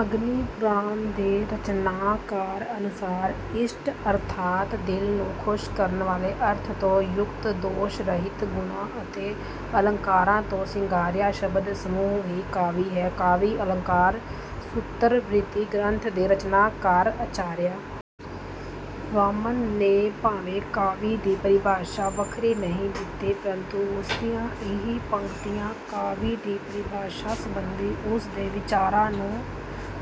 ਅਗਨੀਪੁਰਾਣ ਦੇ ਰਚਨਾਕਾਰ ਅਨੁਸਾਰ ਇਸ਼ਟ ਅਰਥਾਤ ਦਿਲ ਨੂੰ ਖੁਸ਼ ਕਰਨ ਵਾਲੇ ਅਰਥ ਤੋਂ ਯੁਕਤ ਦੋਸ਼ ਰਹਿਤ ਗੁਣਾਂ ਅਤੇ ਅਲੰਕਾਰਾਂ ਤੋਂ ਸ਼ਿੰਗਾਰਿਆ ਸ਼ਬਦ ਸਮੂਹ ਹੀ ਕਾਵਿ ਹੈ। ਕਾਵਿ ਅਲੰਕਾਰ ਸੂਤਰਵ੍ਰਿਤੀ ਗ੍ਰੰਥ ਦੇ ਰਚਨਾਕਾਰ ਆਚਾਰੀਆ ਵਾਮਨ ਨੇ ਭਾਵੇਂ ਕਾਵਿ ਦੀ ਪਰਿਭਾਸ਼ਾ ਵੱਖਰੀ ਨਹੀਂ ਦਿੱਤੀ ਪਰੰਤੂ ਉਸਦੀਆਂ ਇਹ ਪੰਕਤੀਆਂ ਕਾਵਿ ਦੀ ਪਰਿਭਾਸ਼ਾ ਸਬੰਧੀ ਉਸ ਦੇ ਵਿਚਾਰਾਂ ਨੂੰ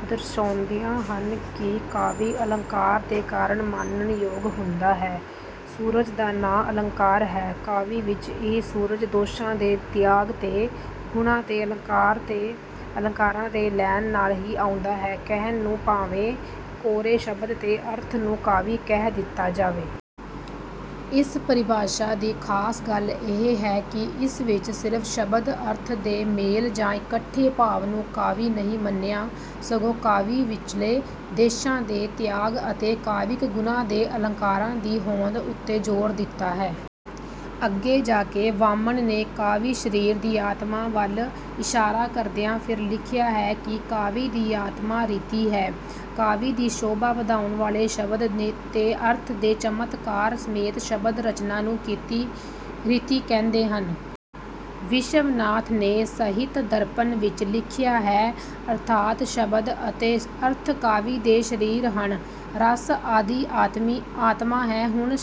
ਦਰਸਾਉਂਦੀਆਂ ਹਨ ਕਿ ਕਾਵਿ ਅਲੰਕਾਰ ਦੇ ਕਾਰਨ ਮਾਨਣ ਯੋਗ ਹੁੰਦਾ ਹੈ ਸੁਹਜ ਦਾ ਨਾਂ ਅਲੰਕਾਰ ਹੈ ਕਾਵਿ ਵਿੱਚ ਇਹ ਸੁਹਜ ਦੋਸ਼ਾਂ ਦੇ ਤਿਆਗ ਤੇ ਗੁਣਾਂ ਤੇ ਅਲੰਕਾਰਾਂ ਦੇ ਲੈਣ ਨਾਲ ਹੀ ਆਉਂਦਾ ਹੈ ਕਹਿਣ ਨੂੰ ਭਾਵੇਂ ਕੋਰੇ ਸ਼ਬਦ ਤੇ ਅਰਥ ਨੂੰ ਕਾਵਿ ਕਹਿ ਦਿੱਤਾ ਜਾਏ। ਇਸ ਪਰਿਭਾਸ਼ਾ ਦੀ ਖਾਸ ਗੱਲ ਇਹ ਹੈ ਕਿ ਇਸ ਵਿੱਚ ਸਿਰਫ ਸ਼ਬਦ ਅਰਥ ਦੇ ਮੇਲ ਜਾਂ ਇਕੱਠੇ ਭਾਵ ਨੂੰ ਕਾਵਿ ਨਹੀਂ ਮੰਨਿਆ ਸਗੋਂ ਕਾਵਿ ਵਿੱਚਲੇ ਦੋਸ਼ਾਂ ਦੇ ਤਿਆਗ ਅਤੇ ਕਾਵਿਕ ਗੁਣਾਂ ਤੇ ਅਲੰਕਾਰਾਂ ਦੀ ਹੋਂਦ ਉੱਤੇ ਜ਼ੋਰ ਦਿੱਤਾ ਹੈ। ਅੱਗੇ ਜਾ ਕੇ ਵਾਮਨ ਨੇ ਕਾਵਿ ਸਰੀਰ ਦੀ ਆਤਮਾ ਵੱਲ ਇਸ਼ਾਰਾ ਕਰਦਿਆਂ ਫੇਰ ਲਿਖਿਆ ਹੈ ਕਿ ਕਾਵਿ ਦੀ ਆਤਮਾ ਰੀਤੀ ਹੈ। ਕਾਵਿ ਦੀ ਸ਼ੋਭਾ ਵਧਾਉਣ ਵਾਲੇ ਸ਼ਬਦ ਤੇ ਅਰਥ ਦੇ ਚਮਤਕਾਰ ਸਮੇਤ ਸ਼ਬਦ ਰਚਨਾ ਨੂੰ ਰੀਤੀ ਕਹਿੰਦੇ ਹਨ। ਵਿਸ਼ਵਨਾਥ ਨੇ ਸਾਹਿਤ ਦਰਪਣ ਵਿੱਚ ਲਿਖਿਆ ਹੈ ਅਰਥਾਤ ਸ਼ਬਦ ਅਤੇ ਅਰਥ ਕਾਵਿ ਦੇ ਸਰੀਰ ਹਨ ਰਸ ਆਦਿ ਆਤਮਾ ਹੈ ਗੁਣ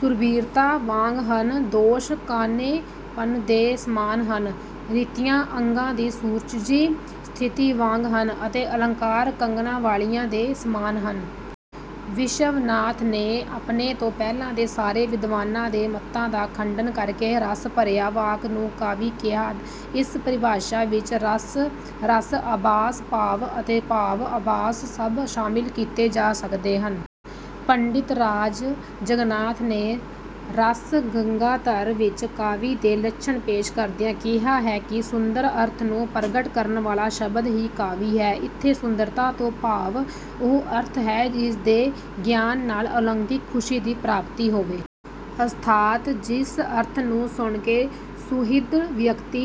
ਸੂਰਬੀਰਤਾ ਵਾਂਗ ਹਨ ਦੋਸ਼ ਕਾਣੇਪਨ ਦੇ ਸਮਾਨ ਹਨ ਰੀਤੀਆਂ ਅੰਗਾਂ ਦੀ ਸੁਚੱਜੀ ਸਥਿਤੀ ਵਾਂਗ ਹਨ ਅਤੇ ਅਲੰਕਾਰ ਕੰਗਣਾਂ ਵਾਲੀਆਂ ਦੇ ਸਮਾਨ ਹਨ। ਵਿਸ਼ਵਨਾਥ ਨੇ ਆਪਣੇ ਤੋਂ ਪਹਿਲਾਂ ਦੇ ਸਾਰੇ ਵਿਦਵਾਨਾਂ ਦੇ ਮੱਤਾਂ ਦਾ ਖੰਡਨ ਕਰਕੇ ਰਸ ਭਰਿਆ ਵਾਕ ਨੂੰ ਕਾਵਿ ਕਿਹਾ ਇਸ ਪਰਿਭਾਸ਼ਾ ਵਿੱਚ ਰਸ ਰਸ ਆਭਾਸ ਭਾਵ ਅਤੇ ਭਾਵ ਆਭਾਸ ਸਭ ਸ਼ਾਮਿਲ ਕੀਤੇ ਜਾ ਸਕਦੇ ਹਨ। ਪੰਡਿਤਰਾਜ ਜਗਨਾਥ ਨੇ ਰਸ ਗੰਗਾਧਰ ਵਿੱਚ ਕਾਵਿ ਦੇ ਲੱਛਣ ਪੇਸ਼ ਕਰਦਿਆਂ ਕਿਹਾ ਹੈ ਕਿ ਸੁੰਦਰ ਅਰਥ ਨੂੰ ਪ੍ਰਗਟ ਕਰਨ ਵਾਲਾ ਸ਼ਬਦ ਹੀ ਕਾਵਿ ਹੈ। ਇਥੇ ਸੁੰਦਰਤਾ ਤੋਂ ਭਾਵ ਉਹ ਅਰਥ ਹੈ ਜਿਸ ਦੇ ਗਿਆਨ ਨਾਲ ਅਲੌਕਿਕ ਖੁਸ਼ੀ ਦੀ ਪ੍ਰਾਪਤੀ ਹੋਵੇ। ਅਰਥਾਤ ਜਿਸ ਅਰਥ ਨੂੰ ਸੁਣ ਕੇ ਸੁਹਿਰਦ ਵਿਅਕਤੀ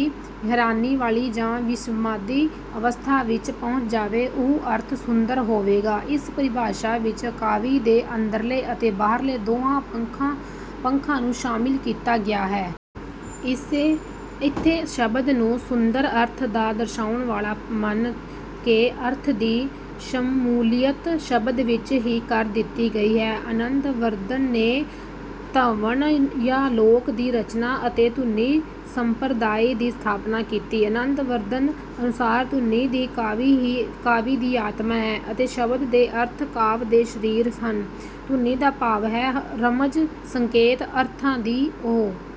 ਹੈਰਾਨੀ ਵਾਲੀ ਜਾਂ ਵਿਸਮਾਦੀ ਅਵਸਥਾ ਵਿੱਚ ਪਹੁੰਚ ਜਾਵੇ ਉਹ ਅਰਥ ਸੁੰਦਰ ਹੋਵੇਗਾ। ਇਸ ਪਰਿਭਾਸ਼ਾ ਵਿੱਚ ਕਾਵਿ ਦੇ ਅੰਦਰਲੇ ਅਤੇ ਬਾਹਰਲੇ ਦੋਹਾਂ ਪੱਖਾਂ ਨੂੰ ਸ਼ਾਮਿਲ ਕੀਤਾ ਗਿਆ ਹੈ। ਇਥੇ ਸ਼ਬਦ ਨੂੰ ਸੁੰਦਰ ਅਰਥ ਦਾ ਦਰਸਾਉਣ ਵਾਲਾ ਮੰਨ ਕੇ ਅਰਥ ਦੀ ਸ਼ਮੂਲੀਅਤ ਸ਼ਬਦ ਵਿੱਚ ਹੀ ਕਰ ਦਿੱਤੀ ਗਈ ਹੈ। ਆਨੰਦ ਵਰਧਨ ਨੇ ਧਵਨਯਾਲੋਕ ਦੀ ਰਚਨਾ ਅਤੇ ਧੁਨੀ ਸੰਪਰਦਾਇ ਦੀ ਸਥਾਪਨਾ ਕੀਤੀ। ਆਨੰਦ ਵਰਧਨ ਅਨੁਸਾਰ ਧੁਨੀ ਹੀ ਕਾਵਿ ਦੀ ਆਤਮਾ ਹੈ ਅਤੇ ਸ਼ਬਦ ਤੇ ਅਰਥ ਕਾਵਿ ਦੇ ਸਰੀਰ ਹਨ। ਧੁਨੀ ਦਾ ਭਾਵ ਹੈ ਰਮਜ਼ ਸੰਕੇਤ ਅਰਥਾਂ ਦੀ ਉਹ